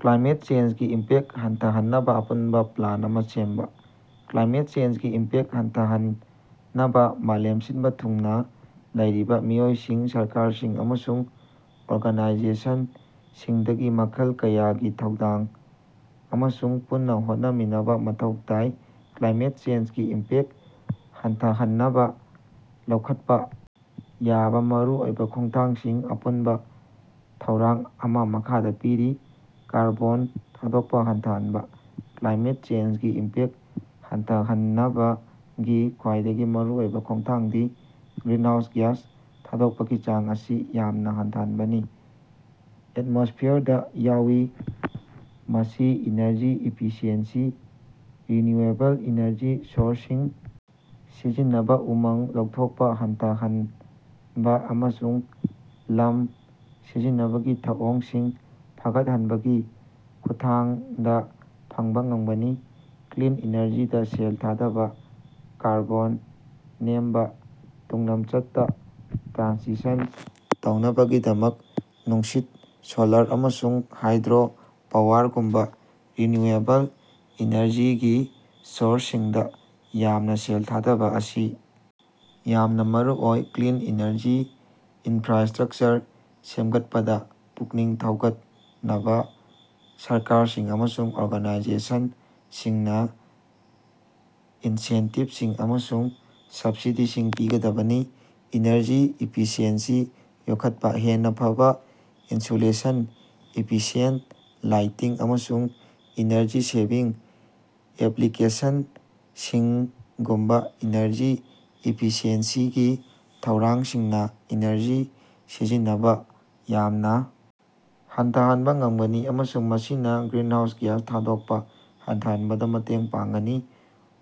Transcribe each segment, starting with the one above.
Climate ꯆꯦꯟꯖꯒꯤ impact ꯍꯟꯊꯍꯟꯅꯕ ꯑꯄꯨꯟꯕ ꯄ꯭ꯂꯥꯟ ꯑꯃ ꯁꯦꯝꯕ꯫ ꯀ꯭ꯂꯥꯏꯃꯦꯠ ꯆꯦꯟꯖꯒꯤ ꯏꯝꯄꯦꯛ ꯍꯟꯊꯍꯟꯅꯕ ꯃꯥꯂꯦꯝ ꯁꯤꯟꯕ ꯊꯨꯡꯅ ꯂꯩꯔꯤꯕ ꯃꯤꯑꯣꯏꯁꯤꯡ, ꯁꯔꯀꯥ꯭ꯔꯁꯤꯡ ꯑꯃꯁꯨꯡ ꯑꯣꯔꯒꯅꯥꯏꯖꯦꯁꯟꯁꯤꯡꯗꯒꯤ ꯃꯈꯜ ꯀꯌꯥꯒꯤ ꯊꯧꯗꯥꯡ ꯑꯃꯁꯨꯡ ꯄꯨꯟꯅ ꯍꯣꯠꯅꯃꯤꯟꯅꯕ ꯃꯊꯧ ꯇꯥꯏ꯫ ꯀ꯭ꯂꯥꯏꯃꯦꯠ ꯆꯦꯟꯖꯀꯤ ꯏꯝꯄꯦꯛ ꯍꯟꯊꯍꯟꯅꯕ ꯂꯧꯈꯠꯄ ꯌꯥꯕ ꯃꯔꯨꯑꯣꯏꯕ ꯈꯣꯡꯊꯥꯡꯁꯤꯡ, ꯑꯄꯨꯟꯕ ꯊꯧꯔꯥꯡ ꯑꯃ ꯃꯈꯥꯗ ꯄꯤꯔꯤ: ꯀꯥꯔꯕꯣꯟ ꯊꯥꯗꯣꯛꯄ ꯍꯟꯊꯍꯟꯕ: ꯀ꯭ꯂꯥꯏꯃꯦꯠ ꯆꯦꯟꯖꯒꯤ ꯏꯝꯄꯦꯛ ꯍꯟꯊꯍꯟꯅꯕꯒꯤ ꯈ꯭ꯋꯥꯏꯗꯒꯤ ꯃꯔꯨꯑꯣꯏꯕ ꯈꯣꯡꯊꯥꯡꯗꯤ ꯒ꯭ꯔꯤꯟꯍꯥꯎꯁ ꯒ꯭ꯌꯥꯁ ꯊꯥꯗꯣꯛꯄꯒꯤ ꯆꯥꯡ ꯑꯁꯤ ꯌꯥꯝꯅ ꯍꯟꯊꯍꯟꯕꯅꯤ꯫ ꯑꯦꯠꯃ꯭ꯣꯁꯐꯤꯌꯔꯗ ꯌꯥꯎꯏ꯫ ꯃꯁꯤ ꯏꯅ꯭ꯔꯖꯤ ꯏꯐꯤꯁꯤꯑꯦꯟꯁꯤ, ꯔꯤꯅ꯭ꯌꯨꯑꯦꯕꯜ ꯏꯅ꯭ꯔꯖꯤ ꯁꯣꯔꯁꯁꯤꯡ ꯁꯤꯖꯤꯟꯅꯕ, ꯎꯃꯪ ꯂꯧꯊꯣꯛꯄ ꯍꯟꯊꯍꯟꯕ, ꯑꯃꯁꯨꯡ ꯂꯝ ꯁꯤꯖꯤꯟꯅꯕꯒꯤ ꯊꯧꯑꯣꯡꯁꯤꯡ ꯐꯒꯠꯍꯟꯕꯒꯤ ꯈꯨꯠꯊꯥꯡꯗ ꯐꯪꯕꯥ ꯉꯝꯒꯅꯤ꯫ ꯀ꯭ꯂꯤꯟ ꯏꯅ꯭ꯔꯖꯤꯗ ꯁꯦꯜ ꯊꯥꯗꯕ: ꯀꯥꯔꯕꯣꯟ ꯅꯦꯝꯕ ꯇꯨꯡꯂꯝꯆꯠꯇ ꯇ꯭ꯔꯥꯟꯁꯤꯁꯟ ꯇꯧꯅꯕꯒꯤꯗꯃꯛ, ꯅꯨꯡꯁꯤꯠ, ꯁꯣꯂꯥꯔ, ꯑꯃꯁꯨꯡ ꯍꯥꯏꯗ꯭ꯔꯣ ꯄꯥꯋꯔꯒꯨꯝꯕ ꯔꯤꯅ꯭ꯌꯨꯑꯦꯕꯜ ꯏꯅꯔꯖꯤꯒꯤ ꯁꯣꯔꯁꯁꯤꯡꯗ ꯌꯥꯝꯅ ꯁꯦꯜ ꯊꯥꯗꯕ ꯑꯁꯤ ꯌꯥꯝꯅ ꯃꯔꯨꯑꯣꯏ꯫ ꯀ꯭ꯂꯤꯟ ꯏꯅ꯭ꯔꯖꯤ ꯏꯅꯐ꯭ꯔꯥꯁ꯭ꯇꯔꯛꯆꯔ ꯁꯦꯝꯒꯠꯄꯗ ꯄꯨꯛꯅꯤꯡ ꯊꯧꯒꯠꯅꯕꯥ ꯁꯔꯀꯥꯔꯁꯤꯡ ꯑꯃꯁꯨꯡ ꯑꯣꯔꯒꯅꯥꯏꯖꯦꯁꯟꯁꯤꯡꯅ ꯏꯟꯁꯦꯟꯇꯤꯕꯁꯤꯡ ꯑꯃꯁꯨꯡ ꯁꯕꯁꯤꯗꯤꯁꯤꯡ ꯄꯤꯒꯗꯕꯅꯤ꯫ ꯏꯅ꯭ꯔꯖꯤ ꯏꯐꯤꯁꯤꯑꯦꯟꯁꯤ ꯌꯣꯛꯈꯠꯄ: ꯍꯦꯟꯅ ꯐꯕ ꯏꯟꯁꯨꯂꯦꯁꯟ, ꯏꯐꯤꯁꯤꯌꯦꯟꯠ ꯂꯥꯏꯇꯤꯡ, ꯑꯃꯁꯨꯡ ꯏꯅ꯭ꯔꯖꯤ ꯁꯦꯚꯤꯡ ꯑꯦꯞꯂꯤꯀꯦꯁꯟꯁꯤꯡꯒꯨꯝꯕ ꯏꯅ꯭ꯔꯖꯤ ꯏꯐꯤꯁꯤꯑꯦꯟꯁꯤꯒꯤ ꯊꯧꯔꯥꯡꯁꯤꯡꯅ ꯏꯅ꯭ꯔꯖꯤ ꯁꯤꯖꯤꯟꯅꯕ ꯌꯥꯝꯅ ꯍꯟꯊꯍꯟꯕ ꯉꯝꯒꯅꯤ ꯑꯃꯁꯨꯡ ꯃꯁꯤꯅ ꯒ꯭ꯔꯤꯟꯍꯥꯎꯁ ꯒ꯭ꯌꯥꯁ ꯊꯥꯗꯣꯛꯄ ꯍꯟꯊꯍꯟꯕꯗ ꯃꯇꯦꯡ ꯄꯥꯡꯒꯅꯤ꯫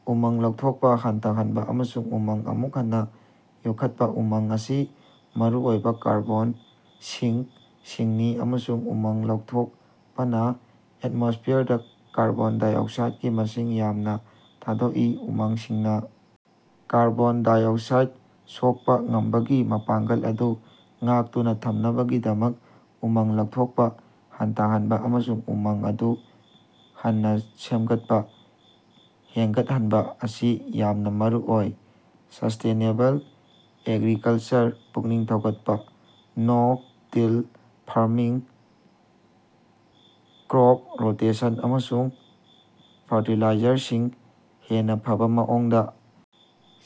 ꯎꯃꯪ ꯂꯧꯊꯣꯛꯄ ꯍꯟꯊꯍꯟꯕ ꯑꯃꯁꯨꯡ ꯎꯃꯪ ꯑꯃꯨꯛ ꯍꯟꯅ ꯌꯣꯛꯈꯠꯄ: ꯎꯃꯪ ꯑꯁꯤ ꯃꯔꯨꯑꯣꯏꯕ ꯀꯥꯔꯕꯣꯟ ꯁꯤꯡꯁꯤꯡꯅꯤ ꯑꯃꯁꯨꯡ ꯎꯃꯪ ꯂꯧꯊꯣꯛꯄꯅ ꯑꯦꯠꯃꯣꯁ꯭ꯐꯤꯌꯔꯗ ꯀꯥꯔꯕꯣꯟ ꯗꯥꯏꯑꯣꯛꯁꯥꯏꯗꯀꯤ ꯃꯁꯤꯡ ꯌꯥꯝꯅ ꯊꯥꯗꯣꯛꯏ꯫ ꯎꯃꯪꯁꯤꯡꯅ ꯀꯥꯔꯕꯣꯟ ꯗꯥꯏꯑꯣꯛꯁꯥꯏꯗ ꯁꯣꯛꯄ ꯉꯝꯕꯒꯤ ꯃꯄꯥꯡꯒꯜ ꯑꯗꯨ ꯉꯥꯛꯇꯨꯅ ꯊꯝꯅꯕꯒꯤꯗꯃꯛ ꯎꯃꯪ ꯂꯧꯊꯣꯛꯄ ꯍꯟꯊꯍꯟꯕ ꯑꯃꯁꯨꯡ ꯎꯃꯪ ꯑꯃꯨꯛ ꯍꯟꯅ ꯁꯦꯃꯒꯠꯄ ꯍꯦꯡꯒꯠꯍꯟꯕ ꯑꯁꯤ ꯌꯥꯝꯅ ꯃꯔꯨꯑꯣꯏ꯫ ꯁ꯭ꯁꯇꯦꯅꯦꯕꯜ ꯑꯦꯒ꯭ꯔꯤꯀꯜꯆꯔ ꯄꯨꯛꯅꯤꯡ ꯊꯧꯒꯠꯄ: ꯅꯣ-ꯇꯤꯜ ꯐꯥꯔꯃꯤꯡ, ꯀ꯭ꯔꯣꯞ ꯔꯣꯇꯦꯁꯟ, ꯑꯃꯁꯨꯡ ꯐ꯭ꯔꯇꯤꯂꯥꯏꯖꯔꯁꯤꯡ ꯍꯦꯟꯅ ꯐꯕ ꯃꯑꯣꯡꯗ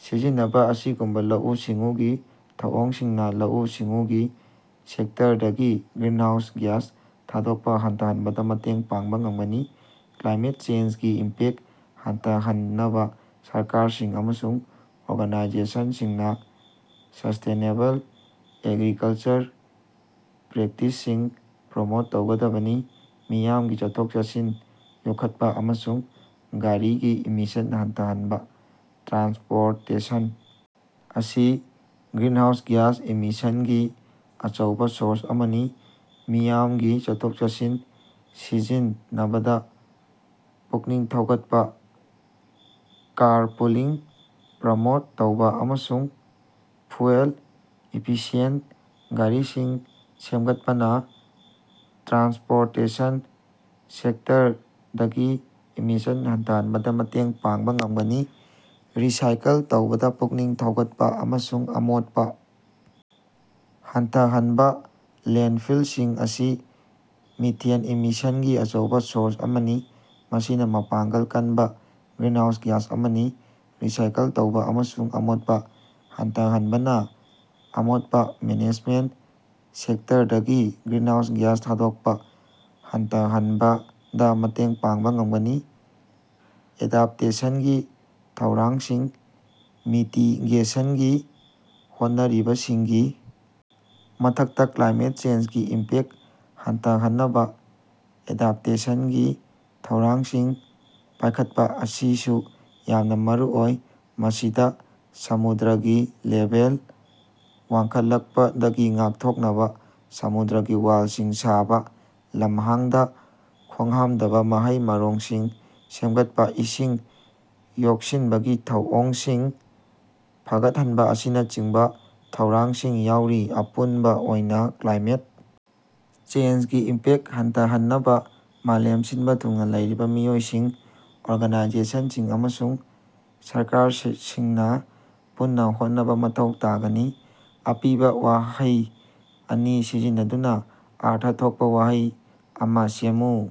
ꯁꯤꯖꯤꯟꯅꯕ ꯑꯁꯤꯒꯨꯝꯕ ꯂꯧꯎ-ꯁꯤꯡꯎꯒꯤ ꯊꯧꯑꯣꯡꯁꯤꯡꯅ ꯂꯧꯎ-ꯁꯤꯡꯎꯒꯤ ꯁꯦꯛꯇꯔꯗꯒꯤ ꯒ꯭ꯔꯤꯟꯍꯥꯎꯁ ꯒ꯭ꯌꯥꯁ ꯊꯥꯗꯣꯛꯄ ꯍꯟꯊꯍꯟꯕꯗ ꯃꯇꯦꯡ ꯄꯥꯡꯕ ꯉꯝꯒꯅꯤ꯫ ꯀ꯭ꯂꯥꯏꯃꯦꯠ ꯆꯦꯟꯖꯒꯤ ꯏꯝꯄꯦꯛ ꯍꯟꯊꯍꯟꯅꯕ ꯁꯔꯀꯥꯔꯁꯤꯡ ꯑꯃꯁꯨꯡ ꯑꯣꯔꯒꯥꯅꯥꯏꯖꯦꯁꯟꯁꯤꯡꯅ ꯁ꯭ꯁꯇꯦꯅꯦꯕꯜ ꯑꯦꯒ꯭ꯔꯤꯀꯜꯆꯔ ꯄ꯭ꯔꯦꯛꯇꯤꯁꯁꯤꯡ ꯄ꯭ꯔꯃꯣꯠ ꯇꯧꯒꯗꯕꯅꯤ꯫ ꯃꯤꯌꯥꯝꯒꯤ ꯆꯠꯊꯣꯛ-ꯆꯠꯁꯤꯟ ꯌꯣꯛꯈꯠꯄ ꯑꯃꯁꯨꯡ ꯒꯥꯔꯤꯒꯤ ꯏꯃꯤꯁꯟ ꯍꯟꯊꯍꯟꯕ: ꯇ꯭ꯔꯥꯟꯁꯄꯣꯔꯇꯦꯁꯟ ꯑꯁꯤ ꯒ꯭ꯔꯤꯟꯍꯥꯎꯁ ꯒ꯭ꯌꯥꯁ ꯏꯃꯤꯁꯟꯒꯤ ꯑꯆꯧꯕꯥ ꯁꯣꯔꯁ ꯑꯃꯅꯤ꯫ ꯃꯤꯌꯥꯝꯒꯤ ꯆꯠꯊꯣꯛ-ꯆꯠꯁꯤꯟ ꯁꯤꯖꯤꯟꯅꯕꯗ ꯄꯨꯛꯅꯤꯡ ꯊꯧꯒꯠꯄ, ꯀꯥꯔꯄꯨꯂꯤꯡ ꯄ꯭ꯔꯃꯣꯠ ꯇꯧꯕꯥ, ꯑꯃꯁꯨꯡ ꯐ꯭ꯌꯨꯑꯦꯜ ꯏꯐꯤꯁꯤꯌꯦꯟꯠ ꯒꯥꯔꯤꯁꯤꯡ ꯁꯦꯝꯒꯠꯄꯅ ꯇ꯭ꯔꯥꯟꯁꯄꯣꯔꯇꯦꯁꯟ ꯁꯦꯛꯇꯔꯗꯒꯤ ꯏꯃꯤꯁꯟ ꯍꯟꯊꯍꯟꯕꯗ ꯃꯇꯦꯡ ꯄꯥꯡꯕ ꯉꯝꯒꯅꯤ꯫ ꯔꯤꯁꯥꯏꯀꯜ ꯇꯧꯕꯗ ꯄꯨꯛꯅꯤꯡ ꯊꯧꯒꯠꯄ ꯑꯃꯁꯨꯡ ꯑꯃꯣꯠꯄ ꯍꯟꯊꯍꯟꯕ: ꯂꯦꯟꯗꯐꯤꯜꯁꯤꯡ ꯑꯁꯤ ꯃꯤꯊꯦꯟ ꯏꯃꯤꯁꯟꯒꯤ ꯑꯆꯧꯕꯥ ꯁꯣꯔꯁ ꯑꯃꯅꯤ, ꯃꯁꯤꯅ ꯃꯄꯥꯡꯒꯜ ꯀꯟꯕ ꯒ꯭ꯔꯤꯅꯍꯥꯎꯁ ꯒ꯭ꯌꯥꯁ ꯑꯃꯅꯤ꯫ ꯔꯤꯁꯥꯏꯀꯜ ꯇꯧꯕꯥ ꯑꯃꯁꯨꯡ ꯑꯃꯣꯠꯄ ꯍꯟꯊꯍꯟꯕꯅ ꯑꯃꯣꯠꯄ ꯃꯦꯅꯦꯖꯃꯦꯟꯠ ꯁꯦꯛꯇ꯭ꯔꯗꯒꯤ ꯒ꯭ꯔꯤꯅꯍꯥꯎꯁ ꯒ꯭ꯌꯥꯁ ꯊꯥꯗꯣꯛꯄ ꯍꯟꯊꯍꯟꯕꯗ ꯃꯇꯦꯡ ꯄꯥꯡꯕ ꯉꯝꯒꯅꯤ꯫ ꯑꯦꯗꯥꯞꯇꯦꯁꯟꯒꯤ ꯊꯧꯔꯥꯡꯁꯤꯡ: ꯃꯤꯇꯤꯒꯦꯁꯟꯒꯤ ꯍꯣꯠꯅꯔꯤꯕꯁꯤꯡꯒꯤ ꯃꯊꯛꯇ, ꯀ꯭ꯂꯥꯏꯃꯦꯠ ꯆꯦꯟꯖꯒꯤ ꯏꯝꯄꯦꯛ ꯍꯟꯊꯍꯟꯅꯕ ꯑꯦꯗꯥꯞꯇꯦꯁꯟꯒꯤ ꯊꯧꯔꯥꯡꯁꯤꯡ ꯄꯥꯏꯈꯠꯄ ꯑꯁꯤꯁꯨ ꯌꯥꯝꯅ ꯃꯔꯨꯑꯣꯏ꯫ ꯃꯁꯤꯗ ꯁꯃꯨꯗ꯭ꯔꯒꯤ ꯂꯦꯚꯦꯜ ꯋꯥꯡꯈꯠꯂꯛꯄꯗꯒꯤ ꯉꯥꯛꯊꯣꯛꯅꯕ ꯁꯃꯨꯗ꯭ꯔꯒꯤ ꯋꯥꯜꯁꯤꯡ ꯁꯥꯕ, ꯂꯝꯍꯥꯡꯗ ꯈꯣꯡꯍꯥꯝꯗꯕ ꯃꯍꯩ-ꯃꯔꯣꯡꯁꯤꯡ ꯁꯦꯝꯒꯠꯄ, ꯏꯁꯤꯡ ꯌꯣꯛꯁꯤꯟꯕꯒꯤ ꯊꯧꯑꯣꯡꯁꯤꯡ ꯐꯒꯠꯍꯟꯕ ꯑꯁꯤꯅꯆꯤꯡꯕ ꯊꯧꯔꯥꯡꯁꯤꯡ ꯌꯥꯎꯔꯤ꯫ ꯑꯄꯨꯟꯕ ꯑꯣꯏꯅ, ꯀ꯭ꯂꯥꯏꯃꯦꯠ ꯆꯦꯟꯖꯒꯤ ꯏꯝꯄꯦꯛ ꯍꯟꯊꯍꯟꯅꯕꯥꯂ ꯃꯥꯂꯦꯝ ꯁꯤꯟꯕ ꯊꯨꯡꯅ ꯂꯩꯔꯤꯕ ꯃꯤꯑꯣꯏꯁꯤꯡ, ꯑꯣꯔꯒꯥꯅꯥꯏꯖꯦꯁꯟꯁꯤꯡ ꯑꯃꯁꯨꯡ ꯁ꯭ꯔꯀꯥꯔꯁꯤꯡꯅ ꯄꯨꯟꯅ ꯍꯣꯠꯅꯕ ꯃꯊꯧ ꯇꯥꯒꯅꯤ꯫ ꯑꯄꯤꯕ ꯋꯥꯍꯩ ꯑꯅꯤ ꯁꯤꯖꯤꯟꯅꯗꯨꯅ ꯑꯔꯊ ꯊꯣꯛꯄ ꯋꯥꯍꯩ ꯑꯃ ꯁꯦꯝꯃꯨ꯫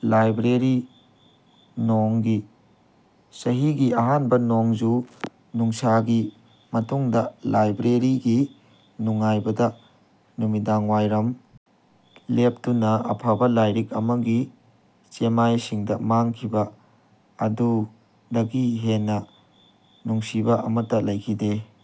ꯂꯥꯏꯕ꯭ꯔꯦꯔꯤ, ꯅꯣꯡꯒꯤ꯫ ꯆꯍꯤꯒꯤ ꯑꯍꯥꯟꯕ ꯅꯣꯡꯖꯨ-ꯅꯨꯡꯁꯥꯒꯤ ꯃꯇꯨꯡꯗ ꯂꯥꯏꯕ꯭ꯔꯦꯔꯤꯒꯤ ꯅꯨꯡꯉꯥꯏꯕꯗ ꯅꯨꯃꯤꯗꯥꯡꯋꯥꯏꯔꯝ ꯂꯦꯞꯇꯨꯅ, ꯑꯐꯕꯥ ꯂꯥꯏꯔꯤꯛ ꯑꯃꯒꯤ ꯆꯦꯃꯥꯏꯁꯤꯡꯗ ꯃꯥꯡꯈꯤꯕ ꯑꯗꯨꯗꯒꯤ ꯍꯦꯟꯅ ꯅꯨꯡꯁꯤꯕ ꯑꯃꯠꯇ ꯂꯩꯈꯤꯗꯦ꯫